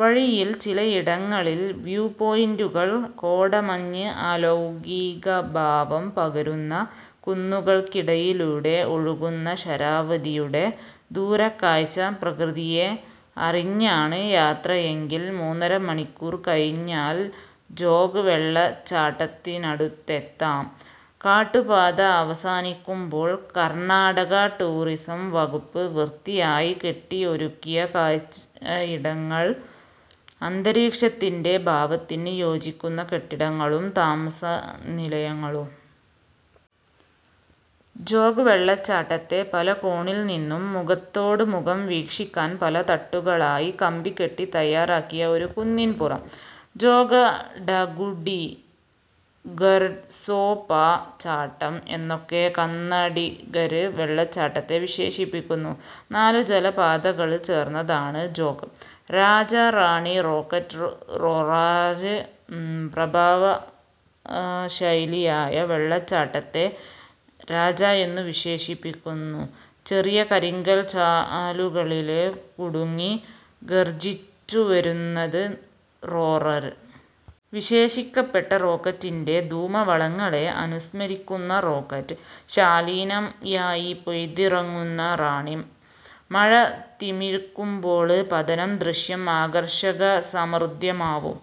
വഴിയില് ചിലയിടങ്ങളില് 'വ്യൂ പോയിന്റുകള്'. കോടമഞ്ഞ് അലൗകീകഭാവം പകരുന്ന കുന്നുകള്ക്കിടയിലൂടെ ഒഴുകുന്ന ശരാവതിയുടെ ദൂരക്കാഴ്ച്ച. പ്രകൃതിയെ അറിഞ്ഞാണ് യാത്രയെങ്കില് മൂന്നര മണിക്കൂര് കഴിഞ്ഞാല് ജോഗ് വെളളച്ചാട്ടത്തിനടുത്തെത്താം. കാട്ടുപാത അവസാനിക്കുമ്പോള് കര്ണ്ണാടക ടൂറസം വകുപ്പ് വൃത്തിയായി കെട്ടി ഒരുക്കിയ കാഴ്ച്ചയിടങ്ങള്. അന്തരീക്ഷത്തിന്റെ ഭാവത്തിന് യോജിക്കുന്ന കെട്ടിടങ്ങളും താമസ നിലയങ്ങളും. ജോഗ് വെളളച്ചാട്ടത്തെ പല കോണില് നിന്നും മുഖത്തോട്മുഖം വീക്ഷിക്കാന് പല തട്ടുകളായി കമ്പി കെട്ടി തയ്യാറാക്കിയ ഒരു കുന്നിന് പുറം. ജോഗഡഗുഡി, ഗെര്സൊപാ ചാട്ടം എന്നൊക്കെ കന്നഡിഗര് വെള്ളച്ചാട്ടത്തെ വിശേഷിപ്പിക്കുന്നു. നാലു ജലപാതകള് ചേര്ന്നതാണ് ജോഗ്. Raja, Rani, Rocket, Roarer. പ്രഭാവശാലിയായ വെളളച്ചാട്ടത്തെ രാജ എന്നു വിശേഷിപ്പിക്കുന്നു. ചെറിയ കരിങ്കല് ചാലുകളില് കുടുങ്ങി ഗര്ജ്ജിച്ചു വരുന്നത് റോറര്. വിക്ഷേപിക്കപ്പെട്ട റോക്കറ്റിന്റെ ധൂമ വളയങ്ങളെ അനുസ്മരിപ്പിക്കുന്ന റോക്കറ്റ്. ശാലീനയായി പെയ്തിറങ്ങുന്ന റാണി. മഴ തിമിര്ക്കുമ്പോള് പതന ദൃശ്യം ആകര്ഷകസമൃദ്ധമാവും.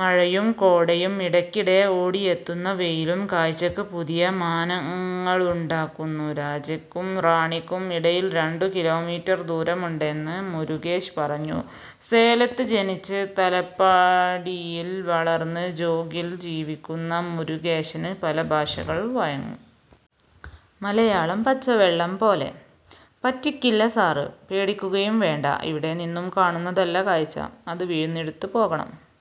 മഴയും കോടയും ഇടയ്ക്കിടെ ഓടിയെത്തുന്ന വെയിലും കാഴ്ച്ചയ്ക്ക് പുതിയ മാനങ്ങളുണ്ടാക്കുന്നു. രാജയ്ക്കും റാണിയ്ക്കും ഇടയില് രണ്ടു കിലോമീറ്റര് ദൂരമുണ്ടെന്ന് മുരുകേശന് പറഞ്ഞു. സേലത്ത് ജനിച്ച്, തലപ്പാടിയില് വളര്ന്ന്, ജോഗില് ജീവിക്കുന്ന മുരുകേശന് പല ഭാഷകള് വഴങ്ങും. മലയാളം പച്ച വെളളം പോലെ. 'പറ്റിക്കില്ല സാര്, പേടിക്കുകയും വേണ്ട, ഇവിടെ നിന്നു കാണുന്നതല്ല കാഴ്ച്ച. അത് വീഴുന്നിടത്ത് പോകണം'.